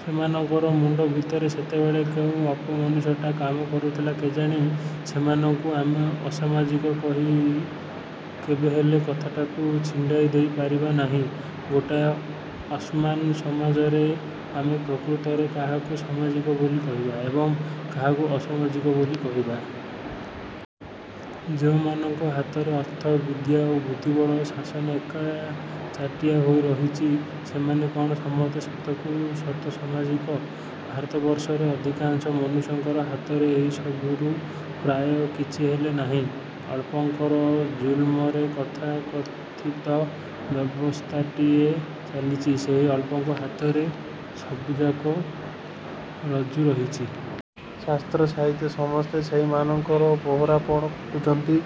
ସେମାନଙ୍କର ମୁଣ୍ଡ ଭିତରେ ସେତେବେଳେ କେଉଁ ଅପମଣିଷଟା କାମ କରୁଥିଲା କେଜାଣି? ସେମାନଙ୍କୁ ଆମେ ଅସାମାଜିକ କହି କେବେହେଲେ କଥାଟାକୁ ଛିଣ୍ଡାଇ ଦେଇ ପାରିବା ନାହିଁ। ଗୋଟାଏ ଅସମାନ ସମାଜରେ ଆମେ ପ୍ରକୃତରେ କାହାକୁ ସାମାଜିକ ବୋଲି କହିବା ଏବଂ କାହାକୁ ଅସାମାଜିକ ବୋଲି କହିବା? ଯେଉଁମାନଙ୍କ ହାତରେ ଅର୍ଥ, ବିଦ୍ୟା, ବୁଦ୍ଧିବଳ ଓ ଶାସନ ଏକଚାଟିଆ ହୋଇ ରହିଛି, ସେମାନେ କ'ଣ ସମସ୍ତେ ସତକୁ ସତ ସାମାଜିକ-? ଭାରତବର୍ଷରେ ଅଧିକାଂଶ ମନୁଷ୍ୟଙ୍କର ହାତରେ ଏହିସବୁରୁ ପ୍ରାୟ କିଛିହେଲେ ନାହିଁ-। ଅଳପଙ୍କର ଜୁଲମରେ ତଥାକଥିତ ବ୍ୟବସ୍ଥାଟିଏ ଚାଲିଛି। ସେହି ଅଳପଙ୍କ ହାତରେ ସବୁଯାକ ରଜ୍ଜୁ ରହିଛି। ଶାସ୍ତ୍ର, ସାହିତ୍ୟ ସମସ୍ତେ ସେହିମାନଙ୍କର ବେହେରାପଣ ଖଟୁଛନ୍ତି।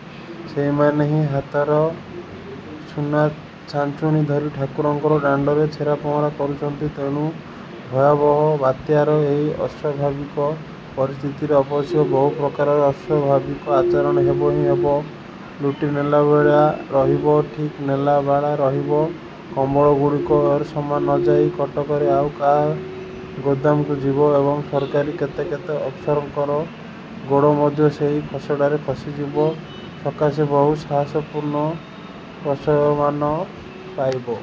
ସେହିମାନେ ହିଁ ହାତରେ ସୁନାଛାଞ୍ଚୁଣି ଧରି ଠାକୁରଙ୍କର ଦାଣ୍ଡରେ ଛେରାପହଁରା କରୁଛନ୍ତି। ତେଣୁ ଭୟାବହ ବାତ୍ୟାର ଏହି ଅସ୍ୱାଭାବିକ ପରିସ୍ଥିତିରେ ଅବଶ୍ୟ ବହୁ ପ୍ରକାରର ଅସ୍ୱାଭାବିକ ଆଚରଣ ହେବ ହିଁ ହେବ। ଲୁଟି ନେଲାବାଲା ରହିବେ, ଠକି ନେଲାବାଲା ରହିବେ, କମ୍ବଳଗୁଡ଼ିକ ଏରସମା ନଯାଇ କଟକରେ ଆଉ କାହା ଗୋଦାମକୁ ଯିବ ଏବଂ ସରକାରୀ କେତେ କେତେ ଅଫିସରଙ୍କର ଗୋଡ଼ ମଧ୍ୟ ସେହି ଖସଡ଼ାରେ ଖସି ଯିବା ସକାଶେ ବହୁ ସାହସପୂର୍ଣ୍ଣ ପ୍ରଶ୍ରୟମାନ ପାଇବ।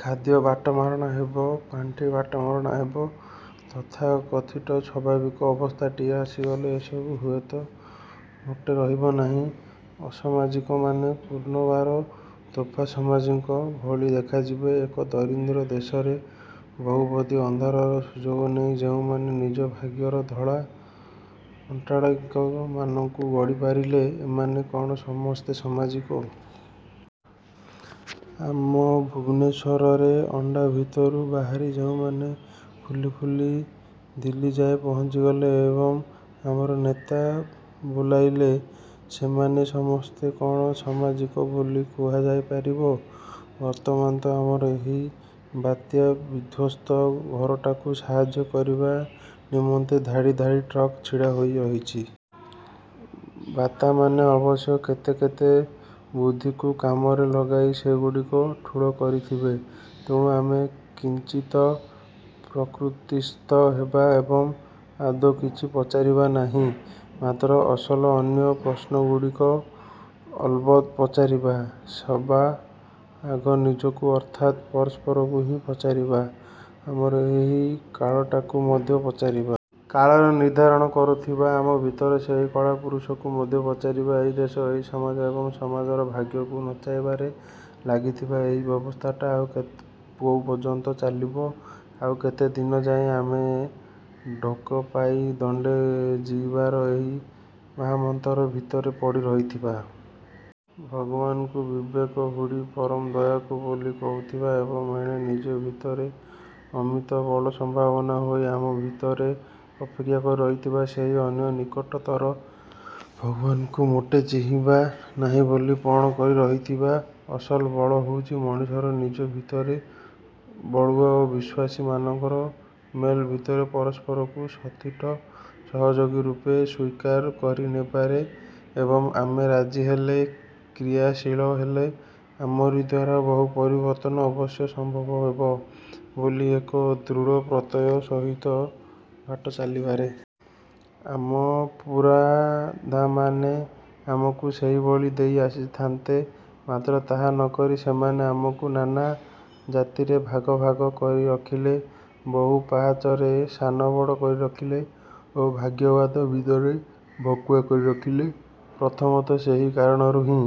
ଖାଦ୍ୟ ବାଟମାରଣା ହେବ, ପାଣ୍ଠି ବାଟମାରଣା ହେବ। ତଥାକଥିତ ସ୍ୱାଭାବିକ ଅବସ୍ଥାଟିଏ ଆସିଗଲେ ଏସବୁ ହୁଏତ ମୋଟେ ରହିବନାହିଁ। ଅସାମାଜିକମାନେ ପୁନର୍ବାର ତୋଫା ସାମାଜିକଙ୍କ ଭଳି ଦେଖାଯିବେ। ଏକ ଦରିଦ୍ର ଦେଶରେ ବହୁବିଧ ଅନ୍ଧାରର ସୁଯୋଗ ନେଇ ଯେଉଁମାନେ ନିଜ ଭାଗ୍ୟର ଧଳା ଅଟ୍ଟାଳିକାମାନଙ୍କୁ ଗଢ଼ି ପାରିଲେ, ଏମାନେ କ'ଣ ସମସ୍ତେ ସାମାଜିକ? ଆମ ଭୁବନେଶ୍ୱରରେ ଅଣ୍ଡା ଭିତରୁ ବାହାରି ଯେଉଁମାନେ ଫୁଲି ଫୁଲି ଦିଲ୍ଲୀଯାଏ ପହଞ୍ଚିଗଲେ ଏବଂ ଆମର ନେତା ବୋଲାଇଲେ, ସେମାନେ ସମସ୍ତେ କ'ଣ ସାମାଜିକ ବୋଲି କୁହାଯାଇ ପାରିବ? ବର୍ତ୍ତମାନ ତ ଆମର ଏହି ବାତ୍ୟାବିଧ୍ୱସ୍ତ ଘରଟାକୁ ସାହାଯ୍ୟ କରିବା ନିମନ୍ତେ ଧାଡ଼ି ଧାଡ଼ି ଟ୍ରକ୍ ଛିଡ଼ା ହୋଇରହିଛି। ଦାତାମାନେ ଅବଶ୍ୟ କେତେକେତେ ବୁଦ୍ଧିକୁ କାମରେ ଲଗାଇ ସେଗୁଡ଼ିକୁ ଠୁଳ କରିଥିବେ। ତେଣୁ ଆମେ କିଞ୍ଚିତ୍ ପ୍ରକୃତିସ୍ଥ ହେବା ଏବଂ ଆଦୌ କିଛି ପଚାରିବା ନାହିଁ। ମାତ୍ର, ଅସଲ ଅନ୍ୟ ପ୍ରଶ୍ନଗୁଡ଼ିକୁ ଅଲବତ ପଚାରିବା। ସବା ଆଗ ନିଜକୁ ଅର୍ଥାତ୍ ପରସ୍ପରକୁ ହିଁ ପଚାରିବା। ଆମର ଏହି କାଳଟାକୁ ମଧ୍ୟ ପଚାରିବା। କାଳର ନିର୍ଦ୍ଧାରଣ କରୁଥିବା ଆମ ଭିତରର ସେହି କାଳପୁରୁଷକୁ ମଧ୍ୟ ପଚାରିବା। ଏହି ଦେଶ, ଏହି ସମାଜ ଏବଂ ଆମର ଭାଗ୍ୟକୁ ନଚାଇବାରେ ଲାଗିଥିବା ଏହି ବ୍ୟବସ୍ଥାଟା ଆଉ କୋଉ ପର୍ଯ୍ୟନ୍ତ ଚାଲିବ? ଆଉ କେତେଦିନ ଯାଏ ଆମେ ଢୋକେ ପିଇ ଦଣ୍ଡେ ଜୀଇବାର ଏହି ମହାମନ୍ତର ଭିତରେ ପଡ଼ି ରହିଥିବା-? ଭଗବାନଙ୍କୁ ବିବେକ ହୁଡ଼ି ପରମ ଦୟାଳୁ ବୋଲି କହୁଥିବା ଏବଂ ଏଣେ ନିଜ ଭିତରେ ଅମିତ ବଳସମ୍ଭାବନା ହୋଇ ଆମ ଭିତରେ ଅପେକ୍ଷା କରି ରହିଥିବା ସେହି ଅନ୍ୟ ନିକଟତର ଭଗବାନଙ୍କୁ ମୋଟେ ଚିହିଁବା ନାହିଁ ବୋଲି ପଣ କରି ରହିଥିବା? ଅସଲ ବଳ ହେଉଛି ମଣିଷର ନିଜ ଭିତରେ, ବଳୁଆ ଓ ବିଶ୍ୱାସୀ ମାନଙ୍କର ମେଳ ଭିତରେ, ପରସ୍ପରକୁ ସତୀର୍ଥ ସହଯୋଗୀ ରୂପେ ସ୍ୱୀକାର କରିନେବାରେ ଏବଂ ଆମେ ରାଜି ହେଲେ, କ୍ରିୟାଶୀଳ ହେଲେ ଆମରି ଦ୍ୱାରା ବହୁ ପରିବର୍ତ୍ତନ ଅବଶ୍ୟ ସମ୍ଭବ ହେବ ବୋଲି ଏକ ଦୃଢ଼ ପ୍ରତ୍ୟୟ ସହିତ ବାଟ ଚାଲିବାରେ। ଆମ ପୁରୋଧାମାନେ ଆମକୁ ସେହି ବଳ ଦେଇ ଆସିଥାନ୍ତେ। ମାତ୍ର ତାହା ନକରି ସେମାନେ ଆମକୁ ନାନା ଜାତିରେ ଭାଗ ଭାଗ କରି ରଖିଲେ, ବହୁ ପାହାଚରେ ସାନବଡ଼ କରି ରଖିଲେ ଓ ଭାଗ୍ୟବାଦ ଭିତରେ ଭକୁଆ କରି ରଖିଲେ। ପ୍ରଥମତଃ ସେହି କାରଣରୁ ହିଁ